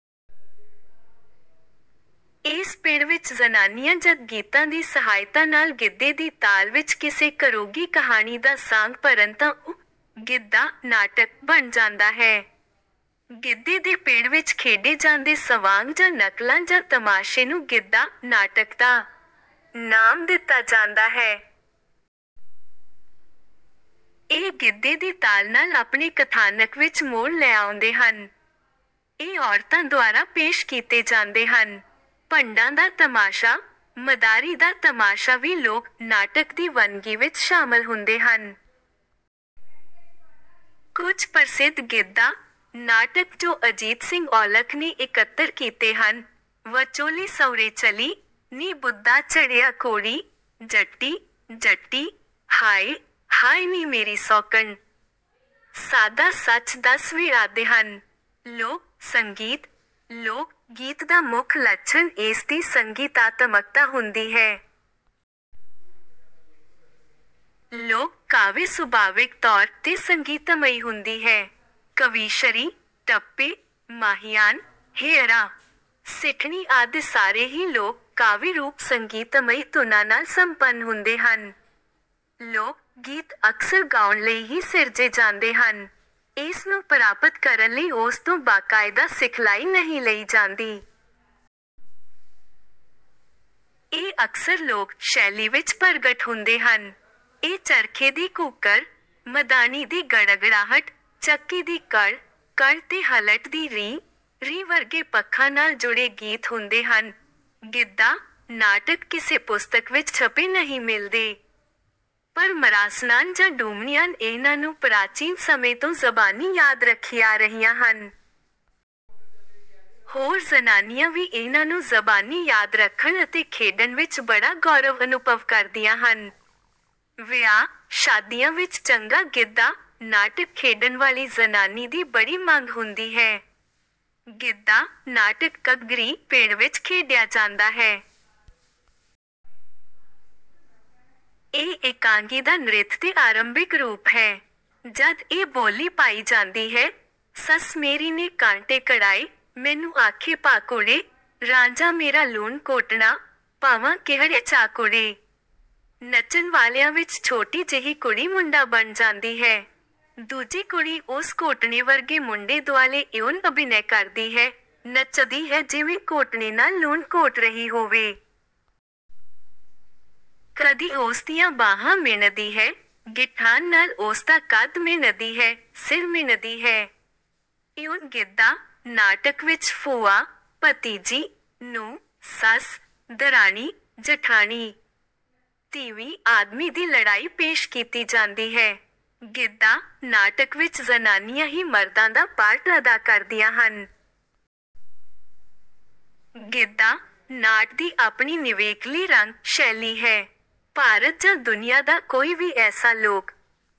ਇਸ ਪਿੜ ਵਿੱਚ ਜ਼ਨਾਨੀਆਂ ਜਦ ਗੀਤਾਂ ਦੀ ਸਹਾਇਤਾ ਨਾਲ ਗਿੱਧੇ ਦੀ ਤਾਲ ਵਿੱਚ ਕਿਸੇ ਘਰੋਗੀ ਕਹਾਣੀ ਦਾ ਸਾਂਗ ਭਰਨ ਤਾਂ ਉਹ 'ਗਿੱਧਾ-ਨਾਟਕ' ਬਣ ਜਾਂਦਾ ਹੈ। ਗਿੱਧੇ ਦੇ ਪਿੜ ਵਿੱਚ ਖੇਡੇ ਜਾਂਦੇ ਸਵਾਂਗ ਜਾਂ ਨਕਲਾਂ ਜਾਂ ਤਮਾਸ਼ੇ ਨੂੰ ਗਿੱਧਾ-ਨਾਟਕ ਦਾ ਨਾਮ ਦਿੱਤਾ ਜਾਂਦਾ ਹੈ। ਇਹ ਗਿੱਧੇ ਦੀ ਤਾਲ ਨਾਲ ਆਪਣੇ ਕਥਾਨਕ ਵਿੱਚ ਮੋੜ ਲੈ ਆਉਂਦੇ ਹਨ। ਇਹ ਔਰਤਾਂ ਦੁਆਰਾ ਪੇਸ਼ ਕੀਤੇ ਜਾਂਦੇ ਹਨ। ਭੰਡਾਂ ਦਾ ਤਮਾਸ਼ਾ, ਮਦਾਰੀ ਦਾ ਤਮਾਸ਼ਾ ਵੀ ਲੋਕ-ਨਾਟਕ ਦੀ ਵੰਨਗੀ ਵਿੱਚ ਸ਼ਾਮਲ ਹੁੰਦੇ ਹਨ। ਕੁਝ ਪ੍ਰਸਿੱਧ ਗਿੱਧਾ-ਨਾਟਕ ਜੋ ਅਜੀਤ ਸਿੰਘ ਔਲਖ ਨੇ ਇਕੱਤਰ ਕੀਤੇ ਹਨ; ਵਚੋਲੀ ਸਹੁਰੇ ਚਲੀ, ਨੀ ਬੁੱਦਾ ਚੜ੍ਹਿਆ ਘੋੜੀ, ਜੱਟੀ-ਜੱਟੀ, ਹਾਏ-ਹਾਏ ਨੀ ਮੇਰੀ ਸੌਕਣ, ਸਾਧਾ ਸੱਚ ਦੱਸ ਵੇ ਆਦਿ ਹਨ। ਲੋਕ-ਸੰਗੀਤ :- ਲੋਕ-ਗੀਤ ਦਾ ਮੁੱਖ ਲੱਛਣ ਇਸ ਦੀ ਸੰਗੀਤਾਤਮਕਤਾ ਹੁੰਦੀ ਹੈ। ਲੋਕ-ਕਾਵਿ ਸੁਭਾਵਿਕ ਤੌਰ 'ਤੇ ਸੰਗੀਤਮਈ ਹੁੰਦੀ ਹੈ। 'ਕਵੀਸ਼ਰੀ, ਟੱਪੇ, ਮਾਹੀਆਂ, ਹੇਅਰਾ, ਸਿੱਠਣੀ ਆਦਿ ਸਾਰੇ ਹੀ ਲੋਕ-ਕਾਵਿ ਰੂਪ ਸੰਗੀਤਮਈ ਧੁਨਾਂ ਨਾਲ ਸੰਪੰਨ ਹੁੰਦੇ ਹਨ। ਲੋਕ-ਗੀਤ ਅਕਸਰ ਗਾਉਣ ਲਈ ਹੀ ਸਿਰਜੇ ਜਾਂਦੇ ਹਨ। ਇਸ ਨੂੰ ਪ੍ਰਾਪਤ ਕਰਨ ਲਈ ਉਸ ਤੋਂ ਬਾਕਾਇਦਾ ਸਿਖਲਾਈ ਨਹੀਂ ਲਈ ਜਾਂਦੀ। "ਇਹ ਅਕਸਰ ਲੋਕ-ਸ਼ੈਲੀ ਵਿੱਚ ਪ੍ਰਗਟ ਹੁੰਦੇ ਹਨ। ਇਹ ਚਰਖੇ ਦੀ ਘੂਕਰ, ਮਧਾਣੀ ਦੀ ਗੜਗੜਾਹਟ, ਚੱਕੀ ਦੀ ਕੜ-ਕੜ ਤੇ ਹਲਟ ਦੀ ਰੀਂ-ਰੀਂ ਵਰਗੇ ਪੱਖਾਂ ਨਾਲ ਜੁੜੇ ਗੀਤ ਹੁੰਦੇ ਹਨ।" ਗਿੱਧਾ-ਨਾਟਕ ਕਿਸੇ ਪੁਸਤਕ ਵਿੱਚ ਛਪੇ ਨਹੀਂ ਮਿਲਦੇ, ਪਰ ਮਰਾਸਣਾਂ ਜਾਂ ਡੂਮਣੀਆਂ ਇਹਨਾਂ ਨੂੰ ਪ੍ਰਾਚੀਨ ਸਮੇਂ ਤੋਂ ਜ਼ਬਾਨੀ ਯਾਦ ਰੱਖੀ ਆ ਰਹੀਆਂ ਹਨ। ਹੋਰ ਜ਼ਨਾਨੀਆਂ ਵੀ ਇਹਨਾਂ ਨੂੰ ਜ਼ਬਾਨੀ ਯਾਦ ਰੱਖਣ ਅਤੇ ਖੇਡਣ ਵਿੱਚ ਬੜਾ ਗੌਰਵ ਅਨੁਭਵ ਕਰਦੀਆਂ ਹਨ। ਵਿਆਹ-ਸ਼ਾਦੀਆਂ ਵਿੱਚ ਚੰਗਾ ਗਿੱਧਾ-ਨਾਟਕ ਖੇਡਣ ਵਾਲੀ ਜ਼ਨਾਨੀ ਦੀ ਬੜੀ ਮੰਗ ਹੁੰਦੀ ਹੈ। ਗਿੱਧਾ-ਨਾਟਕ ਘੱਗਰੀ-ਪਿੜ ਵਿੱਚ ਖੇਡਿਆ ਜਾਂਦਾ ਹੈ। ਇਹ ਇਕਾਂਗੀ ਦਾ ਨ੍ਰਿਤ ਤੇ ਆਰੰਭਿਕ ਰੂਪ ਹੈ। ਜਦ ਇਹ ਬੋਲੀ ਪਾਈ ਜਾਂਦੀ ਹੈ: ਸੱਸ ਮੇਰੀ ਨੇ ਕਾਂਟੇ ਘੜਾਏ, ਮੈਨੂੰ ਆਖੇ ਪਾ ਕੁੜੇ, ਰਾਂਝਾ ਮੇਰਾ ਲੂਣ ਘੋਟਣਾ, ਪਾਵਾਂ ਕਿਹੜੇ ਚਾਅ ਕੁੜੇ। ਨੱਚਣ ਵਾਲਿਆਂ ਵਿੱਚ ਛੋਟੀ ਜਿਹੀ ਕੁੜੀ ਮੁੰਡਾ ਬਣ ਜਾਂਦੀ ਹੈ, ਦੂਜੀ ਕੁੜੀ ਉਸ ਘੋਟਣੇ ਵਰਗੇ ਮੁੰਡੇ ਦੁਆਲੇ ਇਉਂ ਅਭਿਨੈ ਕਰਦੀ ਹੈ, ਨੱਚਦੀ ਹੈ ਜਿਵੇਂ ਘੋਟਣੇ ਨਾਲ ਲੂਣ ਘੋਟ ਰਹੀ ਹੋਵੇ। ਕਦੀ ਉਸ ਦੀਆਂ ਬਾਂਹਾਂ ਮਿਣਦੀ ਹੈ, ਗਿੱਠਾਂ ਨਾਲ ਉਸ ਦਾ ਕੱਦ ਮਿਣਦੀ ਹੈ, ਸਿਰ ਮਿਣਦੀ ਹੈ। ਇਉਂ ਗਿੱਧਾ-ਨਾਟਕ ਵਿੱਚ ਭੂਆ-ਭਤੀਜੀ, ਨੂੰਹ-ਸੱਸ, ਦਰਾਣੀ-ਜਠਾਣੀ, ਤੀਵੀਂ-ਆਦਮੀ ਦੀ ਲੜਾਈ ਪੇਸ਼ ਕੀਤੀ ਜਾਂਦੀ ਹੈ। ਗਿੱਧਾ-ਨਾਟਕ ਵਿੱਚ ਜ਼ਨਾਨੀਆਂ ਹੀ ਮਰਦਾਂ ਦਾ ਪਾਰਟ ਅਦਾ ਕਰਦੀਆਂ ਹਨ। ਗਿੱਧਾ-ਨਾਟ ਦੀ ਆਪਣੀ ਨਿਵੇਕਲੀ ਰੰਗ-ਸ਼ੈਲੀ ਹੈ। ਭਾਰਤ ਜਾਂ ਦੁਨੀਆ ਦਾ ਕੋਈ ਵੀ ਐਸਾ ਲੋਕ